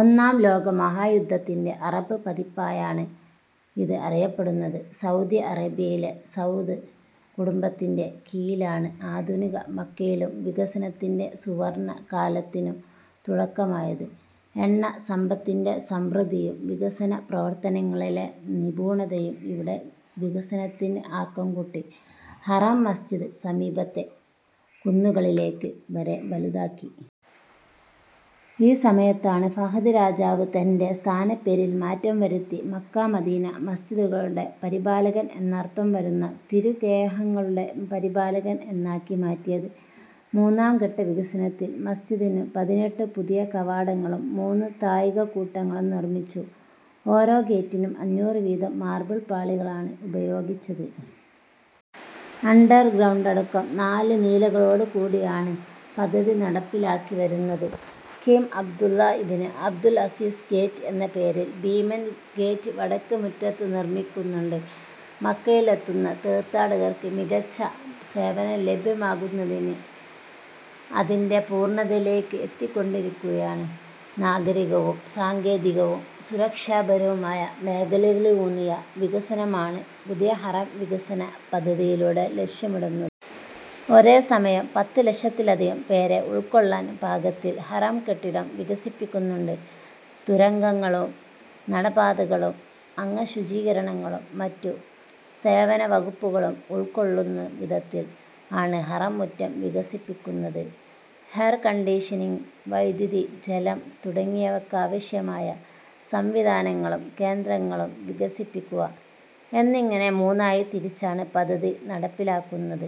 ഒന്നാം ലോക മഹാ യുദ്ധത്തിന്റെ അറബ് പതിപ്പായാണ് ഇത് അറിയപ്പെടുന്നത്. സൗദി അറേബ്യയിലെ സൗദ് കുടുംബത്തിന്റെ കീഴിലാണ് ആധുനിക മക്കയിലും വികസനത്തിന്റെ സുവർണ കാലത്തിനു തുടക്കമായത്. എണ്ണ സമ്പത്തിന്റെ സമൃദ്ധിയും വികസന പ്രവർത്തനങ്ങളിലെ നിപുണതയും ഇവിടെ വികസനത്തിന് ആക്കം കൂട്ടി. ഹറം മസ്ജിദ് സമീപത്തെ കുന്നുകളിലേക്ക് വരെ വലുതാക്കി. ഈ സമയത്താണ് ഫഹദ് രാജാവ് തന്റെ സ്ഥാനപ്പേരിൽ മാറ്റം വരുത്തി മക്ക-മദീന മസ്ജിദുകളുടെ പരിപാലകൻ എന്നർത്ഥം വരുന്ന തിരു ഗേഹങ്ങളുടെ പരിപാലകൻ എന്നാക്കി മാറ്റിയത്. മൂന്നാം ഘട്ട വികസനത്തിൽ മസ്ജിദിനു പതിനെട്ടു പുതിയ കവാടങ്ങളും മൂന്നു താഴികകൂട്ടങ്ങളും നിർമ്മിച്ചു. ഓരോ ഗേറ്റിനും അഞ്ഞൂറ് വീതം മാർബിൾ പാളികളാണ് ഉപയോഗിച്ചത്. അണ്ടർ ഗ്രൗണ്ടടക്കം നാല് നീല കളോട് കൂടിയാണ് പദ്ധതി നടപ്പിലാക്കി വരുന്നത്. King Abdullah ibn Abdul Aziz Gate എന്ന പേരിൽ ഭീമൻ ഗേറ്റ് വടക്ക് മുറ്റത്ത് നിർമ്മിക്കുന്നുണ്ട്. മക്കയിലെത്തുന്ന തീർത്ഥാടകർക്ക് മികച്ച സേവനം ലഭ്യമാക്കുന്നതിന് അതിന്റെ പൂർണതയിലേക്ക് എത്തിക്കൊണ്ടിരിക്കുകയാണ്. നാഗരികവും സങ്കേതികവും സുരക്ഷാപരവുമായ മേഖലകളിലൂന്നിയ വികസനമാണ് പുതിയ ഹറം വികസന പദ്ധതിയിലൂടെ ലക്ഷ്യമിടുന്നത്. ഒരേ സമയം പത്ത് ലക്ഷത്തിലധികം പേരെ ഉൾക്കൊള്ളാൻ പാകത്തിൽ ഹറം കെട്ടിടം വികസിപ്പിക്കുന്നുണ്ട്. തുരങ്കങ്ങളും നടപ്പാതകളും അംഗശുചീകരണങ്ങളും മറ്റു സേവന വകുപ്പുകളും ഉൾകൊള്ളുന്നവിധത്തിൽ ആണ് ഹറം മുറ്റം വികസിപ്പിക്കുന്നത്. എയർകണ്ടീഷനിങ്, വൈദ്യുതി, ജലം തുടങ്ങിയവക്കാവശ്യമായ സംവിധാനങ്ങളും കേന്ദ്രങ്ങളും വികസിപ്പിക്കുക എന്നിങ്ങനെ മൂന്നായി തിരിച്ചാണ് പദ്ധതി നടപ്പിലാക്കുന്നത്.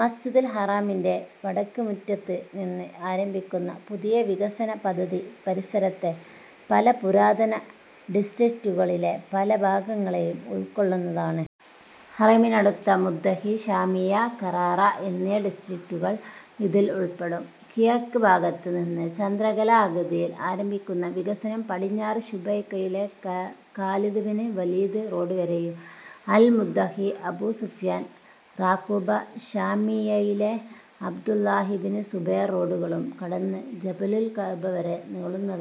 മസ്ജിദുൽ ഹറമിന്റെ വടക്ക് മുറ്റത്ത് നിന്ന് ആരംഭിക്കുന്ന പുതിയ വികസന പദ്ധതി പരിസരത്തെ പല പുരാതന ഡിസ്ട്രിക്റ്റുകളിലെ പല ഭാഗങ്ങളെയും ഉൾക്കൊള്ളുന്നതാണ്. ഹറമിനടുത്ത മുദ്ദഇ, ശാമിയ, ഖറാറ എന്നീ ഡിസ്ട്രിക്റ്റുകൾ ഇതിലുൾപ്പെടും. കിഴക്ക് ഭാഗത്ത് നിന്ന് ചന്ദ്രക്കല ആകൃതിയിൽ ആരംഭിക്കുന്ന വികസനം പടിഞ്ഞാറ് ശുബൈയ്ക്കയിലെ ഖാലിദ് ബ്നു വലീദ് റോഡ് വരെയും അൽമുദ്ദഇ, അബൂസുഫ്യാൻ, റാഖൂബ, ശാമിയയിലെ അബ്ദുല്ലാഹിബ്നു സുബൈർ റോഡുകളും കടന്ന് ജബലുൽ കഅബ വരെ നീളുന്നതാണ്.